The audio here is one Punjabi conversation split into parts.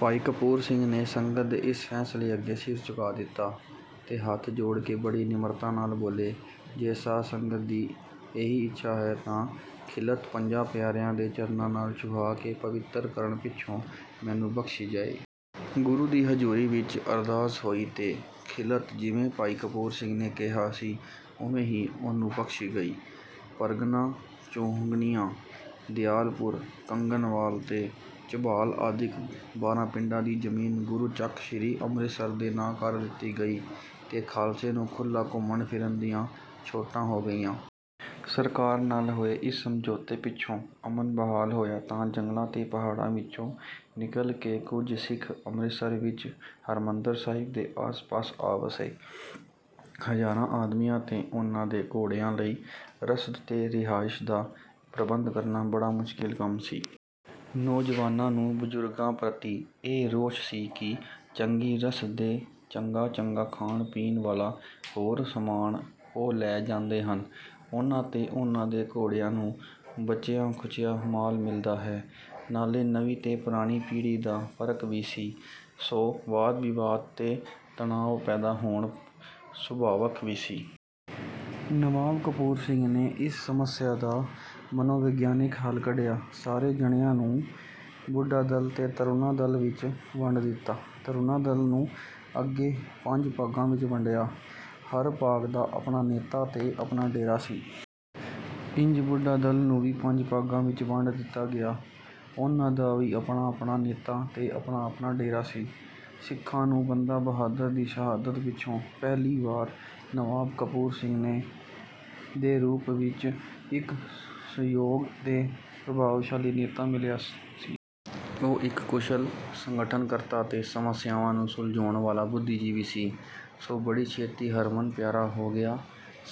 ਭਾਈ ਕਪੂਰ ਸਿੰਘ ਨੇ ਸੰਗਤ ਦੇ ਇਸ ਫੈਸਲੇ ਅੱਗੇ ਸਿਰ ਝੁਕਾ ਦਿੱਤਾ ਤੇ ਹੱਥ ਜੋੜ ਕੇ ਬੜੀ ਨਿਮਰਤਾ ਨਾਲ ਬੋਲੇ, "ਜੇ ਸਾਧ ਸੰਗਤ ਦੀ ਇਹੀ ਇੱਛਾ ਹੈ ਤਾਂ ਖਿਲਅਤ ਪੰਜਾਂ ਪਿਆਰਿਆਂ ਦੇ ਚਰਨਾਂ ਨਾਲ ਛੁਹਾ ਕੇ ਪਵਿੱਤਰ ਕਰਨ ਪਿੱਛੋਂ ਮੈਨੂੰ ਬਖ਼ਸ਼ੀ ਜਾਏ।" ਗੁਰੂ ਦੀ ਹਜੂਰੀ ਵਿੱਚ ਅਰਦਾਸ ਹੋਈ ਤੇ ਖਿਲਅਤ ਜਿਵੇਂ ਭਾਈ ਕਪੂਰ ਸਿੰਘ ਨੇ ਕਿਹਾ ਸੀ ਓਵੇਂ ਹੀ ਉਸਨੂੰ ਬਖ਼ਸ਼ੀ ਗਈ। ਪਰਗਨਾ ਚੂਹਨੀਆਂ ਦਿਆਲਪੁਰ ਕੰਗਨਵਾਲ ਤੇ ਝਬਾਲ ਆਦਿਕ ਬਾਰਾਂ ਪਿੰਡਾਂ ਦੀ ਜਮੀਨ ਗੁਰੂ ਚੱਕ ਸ਼੍ਰੀ ਅੰਮ੍ਰਿਤਸਰ ਦੇ ਨਾਂ ਕਰ ਦਿੱਤੀ ਗਈ ਤੇ ਖਾਲਸੇ ਨੂੰ ਖੁੱਲ੍ਹਾ ਘੁੰਮਣ-ਫਿਰਨ ਦੀਆਂ ਛੋਟਾਂ ਹੋ ਗਈਆਂ। ਸਰਕਾਰ ਨਾਲ ਹੋਏ ਇਸ ਸਮਝੌਤੇ ਪਿੱਛੋਂ ਅਮਨ ਬਹਾਲ ਹੋਇਆ ਤਾਂ ਜੰਗਲਾਂ ਤੇ ਪਹਾੜਾਂ ਵਿੱਚੋਂ ਨਿਕਲ ਕੇ ਕੁਝ ਸਿੱਖ ਅੰਮ੍ਰਿਤਸਰ ਵਿੱਚ ਸ਼੍ਰੀ ਹਰਿਮੰਦਰ ਸਾਹਿਬ ਦੇ ਆਸ-ਪਾਸ ਆ ਵੱਸੇ। ਹਜ਼ਾਰਾਂ ਆਦਮੀਆਂ ਤੇ ਉਹਨਾਂ ਦੇ ਘੋੜਿਆਂ ਲਈ ਰਸਦ ਤੇ ਰਿਹਾਇਸ਼ ਦਾ ਪ੍ਰਬੰਧ ਕਰਨਾ ਬੜਾ ਮੁਸ਼ਕਿਲ ਕੰਮ ਸੀ। ਨੌਜਵਾਨਾਂ ਨੂੰ ਬਜ਼ੁਰਗਾਂ ਪ੍ਰਤੀ ਇਹ ਰੋਸ ਸੀ ਕਿ ਚੰਗੀ ਰਸਦ ਤੇ ਚੰਗਾ-ਚੰਗਾ ਖਾਣ-ਪੀਣ ਵਾਲਾ ਹੋਰ ਸਾਮਾਨ ਉਹ ਲੈ ਜਾਂਦੇ ਹਨ, ਉਹਨਾਂ ਤੇ ਉਹਨਾਂ ਦੇ ਘੋੜਿਆਂ ਨੂੰ ਬਚਿਆ-ਖੁਚਿਆ ਮਾਲ ਮਿਲਦਾ ਹੈ। ਨਾਲੇ ਨਵੀਂ ਤੇ ਪੁਰਾਣੀ ਪੀੜ੍ਹੀ ਦਾ ਫ਼ਰਕ ਵੀ ਸੀ, ਸੋ ਵਾਦ-ਵਿਵਾਦ ਤੇ ਤਣਾਅ ਪੈਦਾ ਹੋਣਾ ਸੁਭਾਵਕ ਵੀ ਸੀ। ਨਵਾਬ ਕਪੂਰ ਸਿੰਘ ਨੇ ਇਸ ਸਮੱਸਿਆ ਦਾ ਮਨੋਵਿਗਿਆਨਕ ਹੱਲ ਕੱਢਿਆ। ਸਾਰੇ ਜਣਿਆਂ ਨੂੰ ਬੁੱਢਾ-ਦਲ ਤੇ ਤਰੂਣਾ-ਦਲ ਵਿੱਚ ਵੰਡ ਦਿੱਤਾ। ਤਰੂਣਾ-ਦਲ ਨੂੰ ਅੱਗੇ ਪੰਜ ਭਾਗਾਂ ਵਿੱਚ ਵੰਡਿਆ। ਹਰ ਭਾਗ ਦਾ ਆਪਣਾ ਨੇਤਾ ਤੇ ਆਪਣਾ ਡੇਰਾ ਸੀ। ਇੰਜ ਬੁੱਢਾ ਦਾਲ ਨੂੰ ਵੀ ਪੰਜ ਭਾਗਾਂ ਵਿੱਚ ਵੰਡ ਦਿੱਤਾ ਗਿਆ। ਉਹਨਾਂ ਦਾ ਵੀ ਆਪਣਾ-ਆਪਣਾ ਨੇਤਾ ਤੇ ਆਪਣਾ-ਆਪਣਾ ਡੇਰਾ ਸੀ। ਸਿੱਖਾਂ ਨੂੰ ਬੰਦਾ ਬਹਾਦੁਰ ਦੀ ਸ਼ਹਾਦਤ ਪਿੱਛੋਂ ਪਹਿਲੀ ਵਾਰੀ ਨਵਾਬ ਕਪੂਰ ਸਿੰਘ ਦੇ ਰੂਪ ਵਿੱਚ ਇੱਕ ਸੁਯੋਗ ਤੇ ਪ੍ਰਭਾਵਸ਼ਾਲੀ ਨੇਤਾ ਮਿਲਿਆ ਸੀ। ਉਹ ਇੱਕ ਕੁਸ਼ਲ ਸੰਗਠਨਕਰਤਾ ਤੇ ਸਮੱਸਿਆਵਾਂ ਨੂੰ ਸੁਲਝਾਉਣ ਵਾਲਾ ਬੁੱਧੀਜੀਵੀ ਸੀ। ਸੋ ਬੜੀ ਛੇਤੀ ਹਰਮਨ ਪਿਆਰਾ ਹੋ ਗਿਆ।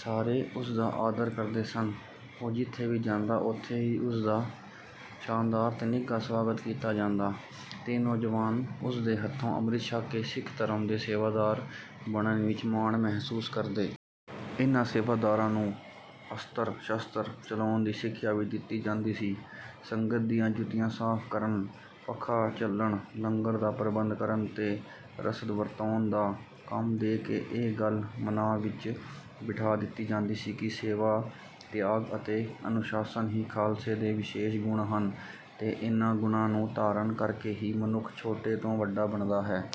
ਸਾਰੇ ਉਸਦਾ ਆਦਰ ਕਰਦੇ ਸਨ। ਉਹ ਜਿੱਥੇ ਵੀ ਜਾਂਦਾ ਉੱਥੇ ਹੀ ਉਸਦਾ ਸ਼ਾਨਦਾਰ ਤੇ ਨਿੱਘਾ ਸਵਾਗਤ ਕੀਤਾ ਜਾਂਦਾ ਤੇ ਨੌਜਵਾਨ ਉਸਦੇ ਹੱਥੋਂ ਅੰਮ੍ਰਿਤ ਛਕ ਕੇ ਸਿੱਖ ਧਰਮ ਦੇ ਸੇਵਾਦਾਰ ਬਣਨ ਵਿੱਚ ਮਾਣ ਮਹਿਸੂਸ ਕਰਦੇ। ਇਹਨਾਂ ਸੇਵਾਦਾਰਾਂ ਨੂੰ ਅਸਤਰ-ਸ਼ਸਤਰ ਚਲਾਉਣ ਦੀ ਸਿੱਖਿਆ ਵੀ ਦਿੱਤੀ ਜਾਂਦੀ ਸੀ। ਸੰਗਤਾਂ ਦੀਆਂ ਜੁੱਤੀਆਂ ਸਾਫ ਕਰਨ, ਪੱਖਾ ਝੱਲਣ, ਲੰਗਰ ਦਾ ਪ੍ਰਬੰਧ ਕਰਨ ਤੇ ਰਸਦ ਵਰਤਾਉਣ ਦਾ ਕੰਮ ਦੇ ਕੇ ਇਹ ਗੱਲ ਮਨਾਂ ਵਿੱਚ ਬਿਠਾ ਦਿੱਤੀ ਜਾਂਦੀ ਸੀ ਕਿ ਸੇਵਾ ਤਿਆਗ ਅਤੇ ਅਨੁਸ਼ਾਸਨ ਹੀ ਖਾਲਸੇ ਦੇ ਵਿਸ਼ੇਸ਼ ਗੁਣ ਹਨ ਤੇ ਇਹਨਾਂ ਗੁਣਾਂ ਨੂੰ ਧਾਰਨ ਕਰਕੇ ਹੀ ਮਨੁੱਖ ਛੋਟੇ ਤੋਂ ਵੱਡਾ ਬਣਦਾ ਹੈ।